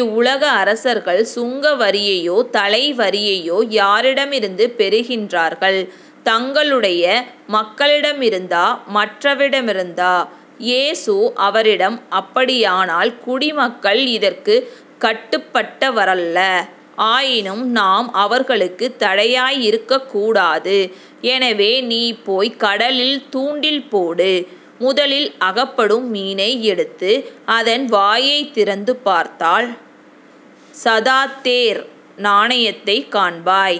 இவ்வுலக அரசர்கள் சுங்க வரியையோ தலைவரியையோ யாரிடமிருந்து பெறுகின்றார்கள்? தங்களுடைய மக்களிடமிருந்தா? மற்றவிடமிருந்தா? இயேசு அவரிடம் அப்படியானால் குடிமக்கள் இதற்குக் கட்டுப்பட்டவரல்ல. ஆயினும் நாம் அவர்களுக்கு தடையாய் இருக்கக் கூடாது. எனவே நீ போய்க் கடலில் தூண்டில் போடு முதலில் அகப்படும் மீனை எடுத்து அதன் வாயைத் திறந்து பார்த்தால் ஸதாத்தேர் நாணயத்தைக் காண்பாய்.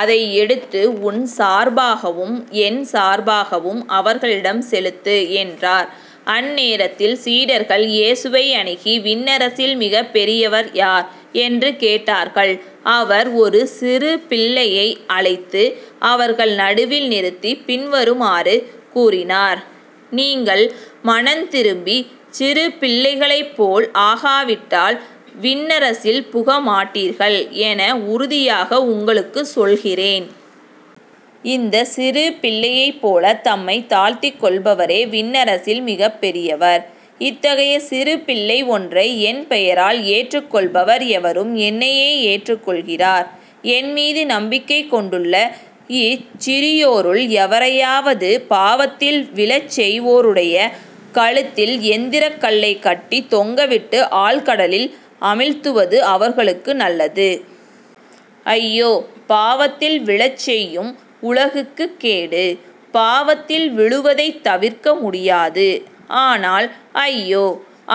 அதை எடுத்து உன் சார்பாகவும் என் சார்பாகவும் அவர்களிடம் செலுத்து என்றார். அந்நேரத்தில் சீடர்கள் இயேசுவை அணுகி விண்ணரசில் மிகப் பெரியவர் யார்? என்று கேட்டார்கள். அவர் ஒரு சிறு பிள்ளையை அழைத்து அவர்கள் நடுவில் நிறுத்தி பின்வருமாறு கூறினார் நீங்கள் மனந்திரும்பிச் சிறு பிள்ளைகளைப்போல் ஆகாவிட்டால் விண்ணரசில் புகமாட்டீர்கள் என உறுதியாக உங்களுக்குச் சொல்கிறேன். இந்தச் சிறு பிள்ளையைப்போலத் தம்மைத் தாழ்த்திக் கொள்பவரே விண்ணரசில் மிகப் பெரியவர். இத்தகைய சிறு பிள்ளை ஒன்றை என் பெயரால் ஏற்றுக்கொள்பவர் எவரும் என்னையே ஏற்றுக்கொள்கிறார். என்மீது நம்பிக்கை கொண்டுள்ள இச்சிறியோருள் எவரையாவது பாவத்தில் விழச்செய்வோருடைய கழுத்தில் எந்திரக் கல்லைக் கட்டித் தொங்கவிட்டு ஆழ்கடலில் அமிழ்த்துவது அவர்களுக்கு நல்லது. ஐயோ. பாவத்தில் விழச்செய்யும் உலகுக்குக் கேடு. பாவத்தில் விழுவதைத் தவிர்க்க முடியாது. ஆனால் ஐயோ.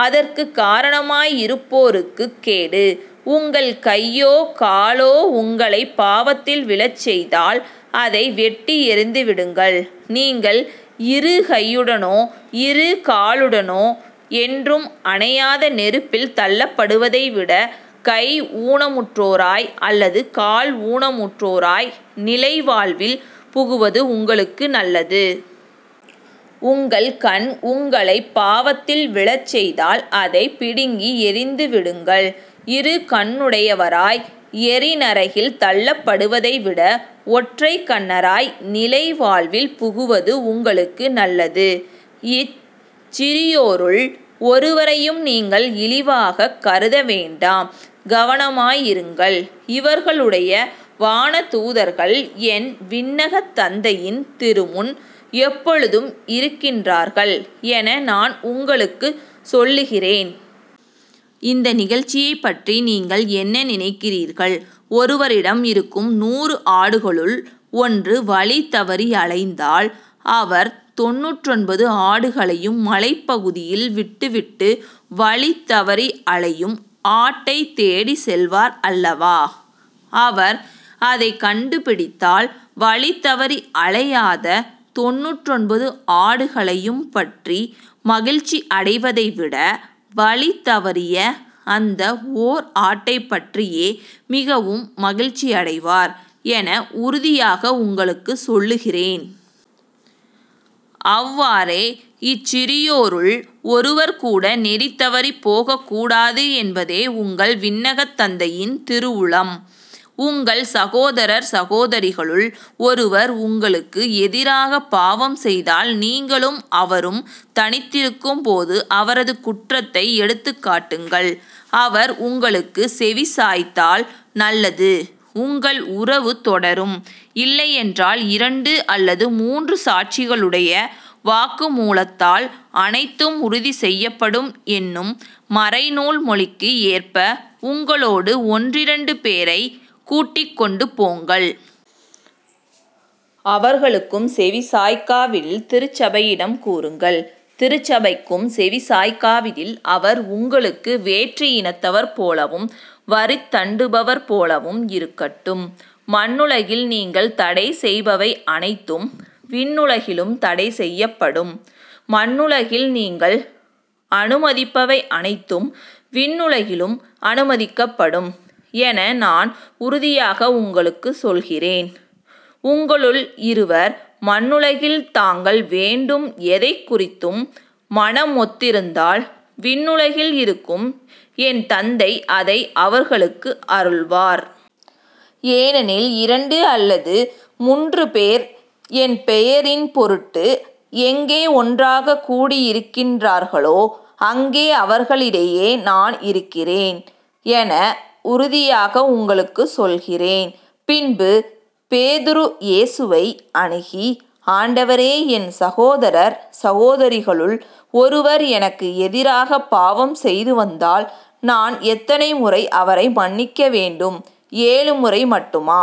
அதற்குக் காரணமாய் இருப்போருக்குக் கேடு. உங்கள் கையோ காலோ உங்களைப் பாவத்தில் விழச்செய்தால் அதை வெட்டி எறிந்துவிடுங்கள். நீங்கள் இருகையுடனோ இரு காலுடனோ என்றும் அணையாத நெருப்பில் தள்ளப்படுவதைவிடக் கை ஊனமுற்றோராய் அல்லது கால் ஊனமுற்றோராய் நிலை வாழ்வில் புகுவது உங்களுக்கு நல்லது. உங்கள் கண் உங்களைப் பாவத்தில் விழச்செய்தால் அதைப் பிடுங்கி எறிந்துவிடுங்கள். இரு கண்ணுடையவராய் எரிநரகில் தள்ளப்படுவதைவிட ஒற்றைக்கண்ணராய் நிலை வாழ்வில் புகுவது உங்களுக்கு நல்லது. இச்சிறியோருள் ஒருவரையும் நீங்கள் இழிவாகக் கருதவேண்டாம் கவனமாயிருங்கள். இவர்களுடைய வானதூதர்கள் என் விண்ணகத் தந்தையின் திருமுன் எப்பொழுதும் இருக்கின்றார்கள் என நான் உங்களுக்குச் சொல்லுகிறேன். இந்த நிகழ்ச்சியைப்பற்றி நீங்கள் என்ன நினைக்கிறீர்கள்? ஒருவரிடம் இருக்கும் நூறு ஆடுகளுள் ஒன்று வழி தவறி அலைந்தால் அவர் தொண்ணூற்றொன்பது ஆடுகளையும் மலைப்பகுதியில் விட்டுவிட்டு வழிதவறி அலையும் ஆட்டைத் தேடிச் செல்வார் அல்லவா? அவர் அதைக் கண்டுபிடித்தால் வழிதவறி அலையாத தொண்ணூற்றொன்பது ஆடுகளையும் பற்றி மகிழ்ச்சியடைவதைவிட வழி தவறிய அந்த ஓர் ஆட்டைப்பற்றியே மிகவும் மகிழ்ச்சியடைவார் என உறுதியாக உங்களுக்குச் சொல்லுகிறேன். அவ்வாறே இச்சிறியோருள் ஒருவர்கூட நெறி தவறிப் போகக்கூடாது என்பதே உங்கள் விண்ணகத் தந்தையின் திருவுளம். உங்கள் சகோதரர் சகோதரிகளுள் ஒருவர் உங்களுக்கு எதிராகப் பாவம் செய்தால் நீங்களும் அவரும் தனித்திருக்கும்போது அவரது குற்றத்தை எடுத்துக்காட்டுங்கள். அவர் உங்களுக்குச் செவிசாய்த்தால் நல்லது உங்கள் உறவு தொடரும். இல்லையென்றால் இரண்டு அல்லது மூன்று சாட்சிகளுடைய வாக்குமூலத்தால் அனைத்தும் உறுதி செய்யப்படும் என்னும் மறைநூல் மொழிக்கு ஏற்ப உங்களோடு ஒன்றிரண்டு பேரைக் கூட்டிக் கொண்டு போங்கள். அவர்களுக்கும் செவிசாய்க்காவிடில் திருச்சபையிடம் கூறுங்கள். திருச்சபைக்கும் செவிசாய்க்காவிடில் அவர் உங்களுக்கு வேற்று இனத்தவர் போலவும் வரிதண்டுபவர் போலவும் இருக்கட்டும். மண்ணுலகில் நீங்கள் தடைசெய்பவை அனைத்தும் விண்ணுலகிலும் தடைசெய்யப்படும் மண்ணுலகில் நீங்கள் அனுமதிப்பவை அனைத்தும் விண்ணுலகிலும் அனுமதிக்கப்படும் என நான் உறுதியாக உங்களுக்குச் சொல்கிறேன். உங்களுள் இருவர் மண்ணுலகில் தாங்கள் வேண்டும் எதைக் குறித்தும் மனமொத்திருந்தால் விண்ணுலகில் இருக்கும் என் தந்தை அதை அவர்களுக்கு அருள்வார். ஏனெனில் இரண்டு அல்லது முன்று பேர் என் பெயரின் பொருட்டு எங்கே ஒன்றாகக் கூடியிருக்கின்றார்களோ அங்கே அவர்களிடையே நான் இருக்கிறேன் என உறுதியாக உங்களுக்கு சொல்கிறேன். பின்பு பேதுரு இயேசுவை அணுகி ஆண்டவரே என் சகோதரர் சகோதரிகளுள் ஒருவர் எனக்கு எதிராகப் பாவம் செய்துவந்தால் நான் எத்தனை முறை அவரை மன்னிக்க வேண்டும்? ஏழு முறை மட்டுமா?